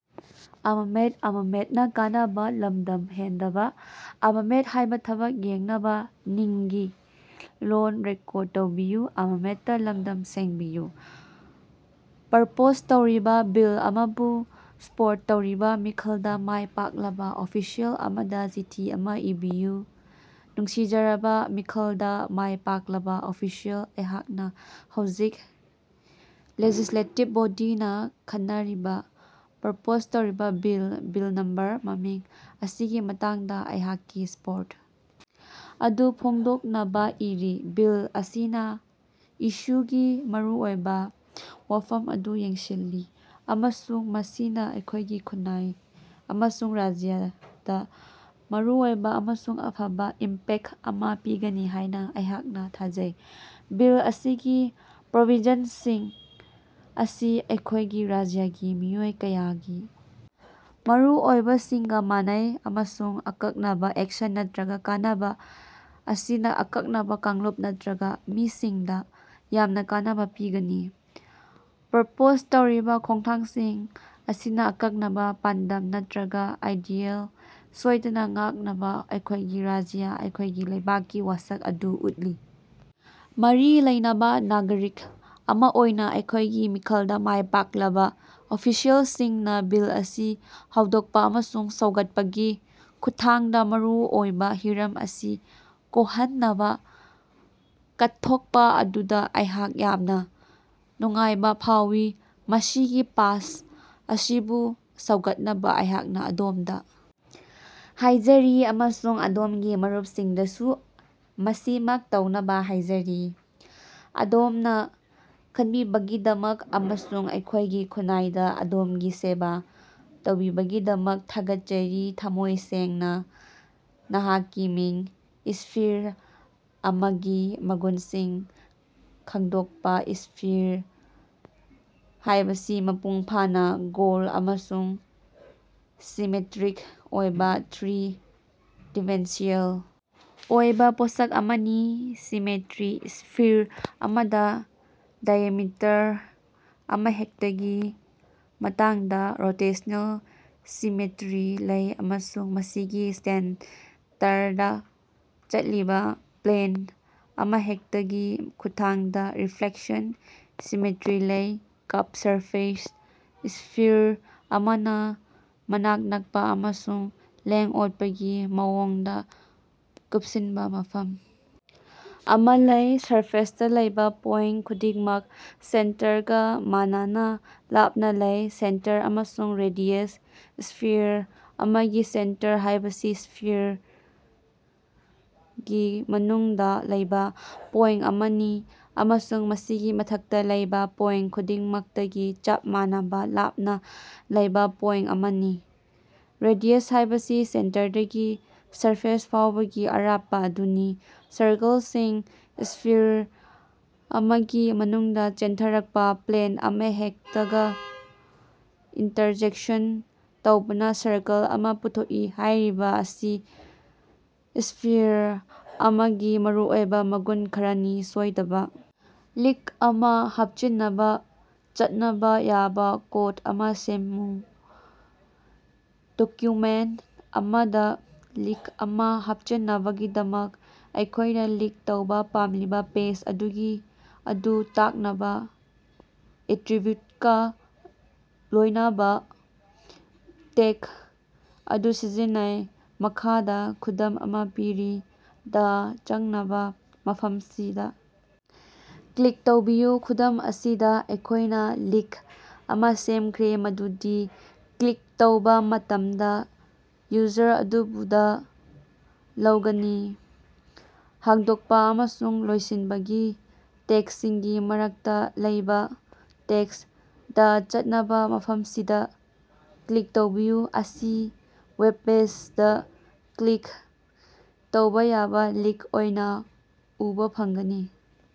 Propose ꯇꯧꯔꯤꯕ bill ꯑꯃꯕꯨ support ꯇꯧꯔꯤꯕ ꯃꯤꯈꯜꯗ ꯃꯥꯏ ꯄꯥꯛꯂꯕ ꯑꯣꯐꯤꯁꯤꯑꯦꯜ ꯑꯃꯗ ꯆꯤꯊꯤ ꯑꯃ ꯏꯕꯤꯌꯨ꯫ ꯅꯨꯡꯁꯤꯖꯔꯕ [ꯃꯤꯈꯜꯗ ꯃꯥꯏ ꯄꯥꯛꯂꯕ ꯑꯣꯐꯤꯁꯤꯑꯦꯜ], ꯑꯩꯍꯥꯛꯅ ꯍꯧꯖꯤꯛ [ꯂꯦꯖꯤꯁ꯭ꯂꯦꯇꯤꯕ ꯕꯣꯗꯤ]ꯅ ꯈꯟꯅꯔꯤꯕ ꯄ꯭ꯔꯄꯣꯖ ꯇꯧꯔꯤꯕ ꯕꯤꯜ [ꯕꯤꯜ ꯅꯝꯕꯔ ꯃꯃꯤꯡ] ꯑꯁꯤꯒꯤ ꯃꯇꯥꯡꯗ ꯑꯩꯍꯥꯛꯀꯤ ꯁ꯭ꯄꯣꯔꯠ ꯑꯗꯨ ꯐꯣꯡꯗꯣꯛꯅꯕ ꯏꯔꯤ꯫ ꯕꯤꯜ ꯑꯁꯤꯅ [ꯏꯁꯨ]ꯒꯤ ꯃꯔꯨꯑꯣꯏꯕ ꯋꯥꯐꯝ ꯑꯗꯨ ꯌꯦꯡꯁꯤꯜꯂꯤ, ꯑꯃꯁꯨꯡ ꯃꯁꯤꯅ ꯑꯩꯈꯣꯏꯒꯤ ꯈꯨꯟꯅꯥꯏ ꯑꯃꯁꯨꯡ ꯔꯥꯖ꯭ꯌꯗ ꯃꯔꯨꯑꯣꯏꯕ ꯑꯃꯁꯨꯡ ꯑꯐꯕ ꯏꯝꯄꯦꯛꯇ ꯑꯃ ꯄꯤꯒꯅꯤ ꯍꯥꯏꯅ ꯑꯩꯍꯥꯛꯅ ꯊꯥꯖꯩ꯫ ꯕꯤꯜ ꯑꯁꯤꯒꯤ ꯄ꯭ꯔꯣꯕꯤꯖꯟꯁꯤꯡ ꯑꯁꯤ ꯑꯩꯈꯣꯏꯒꯤ ꯔꯥꯖ꯭ꯌꯒꯤ ꯃꯤꯑꯣꯏ ꯀꯌꯥꯒꯤ ꯃꯔꯨꯑꯣꯏꯕꯁꯤꯡꯒ ꯃꯥꯟꯅꯩ, ꯑꯃꯁꯨꯡ [ꯑꯀꯛꯅꯕ ꯑꯦꯛꯁꯟ ꯅꯠꯇ꯭ꯔꯒꯥ ꯀꯥꯟꯅꯕ] ꯑꯁꯤꯅ ꯑꯀꯛꯅꯕ ꯀꯥꯡꯂꯨꯞ ꯅꯠꯇ꯭ꯔꯒꯥ ꯃꯤꯁꯤꯡ ꯗ ꯌꯥꯝꯅ ꯀꯥꯟꯅꯕ ꯄꯤꯒꯅꯤ꯫ ꯄ꯭ꯔꯄꯣꯖ ꯇꯧꯔꯤꯕ ꯈꯣꯡꯊꯥꯡꯁꯤꯡ ꯑꯁꯤꯅ ꯑꯀꯛꯅꯕ ꯄꯥꯟꯗꯝ ꯅꯠꯇ꯭ꯔꯒꯥ ꯑꯥꯏꯗꯤꯌꯦꯜ ꯁꯣꯏꯗꯅ ꯉꯥꯛꯅꯕ ꯑꯩꯈꯣꯏꯒꯤ ꯔꯥꯖ꯭ꯌ ꯑꯩꯈꯣꯏꯒꯤ ꯂꯩꯕꯥꯛꯀꯤ ꯋꯥꯁꯛ ꯑꯗꯨ ꯎꯠꯂꯤ꯫ ꯃꯔꯤ ꯂꯩꯅꯕ ꯅꯥꯒꯔꯤꯛ ꯑꯃ ꯑꯣꯏꯅ ꯑꯩꯈꯣꯏꯒꯤ ꯃꯤꯈꯜꯗ ꯃꯥꯏ ꯄꯥꯛꯂꯕ ꯑꯣꯐꯤꯁꯤꯑꯦꯜꯁꯤꯡꯅ ꯕꯤꯜ ꯑꯁꯤ ꯍꯧꯗꯣꯛꯄ ꯑꯃꯁꯨꯡ ꯁꯧꯒꯠꯄꯒꯤ ꯈꯨꯠꯊꯥꯡꯗ ꯃꯔꯨ ꯑꯣꯏꯕ ꯍꯤꯔꯝ ꯑꯁꯤ ꯀꯣꯈꯟꯅꯕ ꯀꯠꯊꯣꯛꯄ ꯑꯗꯨꯗ ꯑꯩꯍꯥꯛ ꯌꯥꯝꯅ ꯅꯨꯡꯉꯥꯏꯕ ꯐꯥꯎꯏ꯫ ꯃꯁꯤꯒꯤ ꯄꯥꯁ ꯑꯁꯤꯕꯨ ꯁꯧꯒꯠꯅꯕ ꯑꯩꯍꯥꯛꯅ ꯑꯗꯣꯝꯗ ꯍꯥꯏꯖꯔꯤ ꯑꯃꯁꯨꯡ ꯑꯗꯣꯝꯒꯤ ꯃꯔꯨꯞꯁꯤꯡꯗꯁꯨ ꯃꯁꯤꯃꯛ ꯇꯧꯅꯕ ꯍꯥꯏꯖꯔꯤ꯫ ꯑꯗꯣꯝꯅ ꯈꯟꯕꯤꯕꯒꯤꯗꯃꯛ ꯑꯃꯁꯨꯡ ꯑꯩꯈꯣꯏꯒꯤ ꯈꯨꯟꯅꯥꯏꯗ ꯑꯗꯣꯝꯒꯤ ꯁꯦꯕ ꯇꯧꯕꯤꯕꯒꯤꯗꯃꯛ ꯊꯥꯒꯠꯆꯔꯤ꯫ ꯊꯃꯣꯏ ꯁꯦꯡꯅ, ꯅꯍꯥꯛꯀꯤ ꯃꯤꯡ꯫ ꯏꯁ꯭ꯐꯤꯔ ꯑꯃꯒꯤ ꯃꯒꯨꯟꯁꯤꯡ ꯈꯪꯗꯣꯛꯄ꯫ ꯏꯁ꯭ꯐꯤꯔ ꯍꯥꯏꯕꯁꯤ ꯃꯄꯨꯡ ꯐꯥꯅ ꯒꯣꯜꯗ ꯑꯃꯁꯨꯡ ꯁꯤꯃꯦꯇꯔꯤꯛ ꯑꯣꯏꯕ ꯊ꯭ꯔꯤ-ꯗꯤꯃꯦꯟꯁꯤꯌꯦꯜ ꯑꯣꯏꯕ ꯄꯣꯠꯁꯛ ꯑꯃꯅꯤ꯫ ꯁꯤꯃꯦꯇꯔꯤ: ꯏꯁ꯭ꯐꯤꯔ ꯑꯃꯗ ꯗꯥꯏꯑꯦꯃꯤꯇꯔ ꯑꯃꯍꯦꯛꯇꯒꯤ ꯃꯇꯥꯡꯗ ꯔꯣꯇꯦꯁꯅꯦꯜ ꯁꯤꯃꯦꯇꯔꯤ ꯂꯩ, ꯑꯃꯁꯨꯡ ꯃꯁꯤꯒꯤ ꯁꯦꯟꯇꯔꯗ ꯆꯠꯂꯤꯕ ꯄ꯭ꯂꯦꯟ ꯑꯃꯍꯦꯛꯇꯒꯤ ꯈꯨꯠꯊꯥꯡꯗ ꯔꯤꯐ꯭ꯂꯦꯛꯁꯟ ꯁꯤꯃꯦꯇꯔꯤ ꯂꯩ꯫ ꯀꯥꯔꯚ ꯁꯔꯐꯦꯁ: ꯏꯁ꯭ꯐꯤꯔ ꯑꯃꯅ ꯃꯅꯥꯛ ꯅꯛꯄ ꯑꯃꯁꯨꯡ ꯂꯦꯡ-ꯑꯣꯠꯄꯒꯤ ꯃꯑꯣꯡꯗ ꯀꯨꯄꯁꯤꯟꯕ ꯃꯐꯝ ꯑꯃ ꯂꯩ꯫ ꯁꯔꯐꯦꯁꯇ ꯂꯩꯕ ꯄꯣꯏꯟꯇ ꯈꯨꯗꯤꯡꯃꯛ ꯁꯦꯟꯇꯔꯒ ꯃꯥꯟꯅꯅ ꯂꯥꯞꯅ ꯂꯩ꯫ ꯁꯦꯟꯇꯔ ꯑꯃꯁꯨꯡ ꯔꯦꯗꯤꯌꯁ: ꯏꯁ꯭ꯐꯤꯔ ꯑꯃꯒꯤ ꯁꯦꯟꯇꯔ ꯍꯥꯏꯕꯁꯤ ꯏꯁ꯭ꯐꯤꯔꯒꯤ ꯃꯅꯨꯡꯗ ꯂꯩꯕ ꯄꯣꯏꯟꯇ ꯑꯃꯅꯤ ꯑꯃꯁꯨꯡ ꯃꯁꯤꯒꯤ ꯃꯊꯛꯇ ꯂꯩꯕ ꯄꯣꯏꯟꯇ ꯈꯨꯗꯤꯡꯃꯛꯇꯒꯤ ꯆꯞ ꯃꯥꯟꯅꯕ ꯂꯥꯞꯅ ꯂꯩꯕ ꯄꯣꯏꯟꯇ ꯑꯃꯅꯤ꯫ ꯔꯦꯗꯤꯌꯁ ꯍꯥꯏꯕꯁꯤ ꯁꯦꯟꯇꯔꯗꯒꯤ ꯁꯔꯐꯦꯁ ꯐꯥꯎꯕꯒꯤ ꯑꯔꯥꯞꯄ ꯑꯗꯨꯅꯤ꯫ ꯁꯔꯀꯜꯁꯤꯡ: ꯏꯁ꯭ꯐꯤꯔ ꯑꯃꯒꯤ ꯃꯅꯨꯡꯗ ꯆꯦꯟꯊꯔꯛꯄ ꯄ꯭ꯂꯦꯟ ꯑꯃꯍꯦꯛꯇꯒ ꯏꯟꯇꯔꯖ‌ꯦꯛꯁꯟ ꯇꯧꯕꯅ ꯁꯔꯀꯜ ꯑꯃꯥ ꯄꯨꯊꯣꯛꯏ꯫ ꯍꯥꯏꯔꯤꯕ ꯑꯁꯤ ꯏꯁ꯭ꯐꯤꯔ ꯑꯃꯒꯤ ꯃꯔꯨꯑꯣꯏꯕ ꯃꯒꯨꯟ ꯈꯔꯅꯤ꯫ ꯁꯣꯏꯗꯕ! ꯂꯤꯛ ꯑꯃ ꯍꯥꯞꯆꯤꯟꯅꯕ ꯆꯠꯅꯕ ꯌꯥꯕ ꯀꯣꯗ ꯑꯃ ꯁꯦꯝꯃꯨ꯫ ꯗꯣꯀꯌꯨꯃꯦꯟꯇ ꯑꯃꯗ ꯂꯤꯛ ꯑꯃ ꯍꯥꯞꯆꯤꯟꯅꯕꯒꯤꯗꯃꯛ, ꯑꯩꯈꯣꯏꯅ ꯂꯤꯛ ꯇꯧꯕ ꯄꯥꯝꯂꯤꯕ ꯄꯦꯖ ꯑꯗꯨꯒꯤ ꯑꯗꯨ ꯇꯥꯛꯅꯕ ꯑꯦꯇꯔꯤꯕꯤꯎꯠꯀ ꯂꯣꯏꯅꯕ ꯇꯦꯒ ꯑꯗꯨ ꯁꯤꯖꯤꯟꯅꯩ꯫ ꯃꯈꯥꯗ ꯈꯨꯗꯝ ꯑꯃ ꯄꯤꯔꯤ. ꯗꯥ ꯆꯪꯅꯕ ꯃꯐꯝꯁꯤꯗꯥ ꯀ꯭ꯂꯤꯛ ꯇꯧꯕꯤꯌꯨ ꯈꯨꯗꯝ ꯑꯁꯤꯗ, ꯑꯩꯈꯣꯏꯅ ꯂꯤꯛ ꯑꯃ ꯁꯦꯝꯈ꯭ꯔꯦ ꯃꯗꯨꯗꯤ, ꯀ꯭ꯂꯤꯛ ꯇꯧꯕ ꯃꯇꯝꯗ, ꯌꯨꯖꯔ ꯑꯗꯨꯕꯨ ꯗ ꯂꯧꯒꯅꯤ꯫ ꯍꯥꯡꯗꯣꯛꯄ ꯑꯃꯁꯨꯡ ꯂꯣꯏꯁꯤꯟꯕꯒꯤ ꯇꯦꯒꯁꯤꯡꯒꯤ ꯃꯔꯛꯇ ꯂꯩꯕ ꯇꯦꯛꯁ (" ꯗ ꯆꯠꯅꯕ ꯃꯐꯝꯁꯤꯗ ꯀ꯭ꯂꯤꯛ ꯇꯧꯕꯤꯌꯨ") ꯑꯁꯤ ꯋꯦꯕꯄꯦꯖꯗ ꯀ꯭ꯂꯤꯛ ꯇꯧꯕ ꯌꯥꯕ ꯂꯤꯛ ꯑꯣꯏꯅ ꯎꯕ ꯐꯪꯒꯅꯤ꯫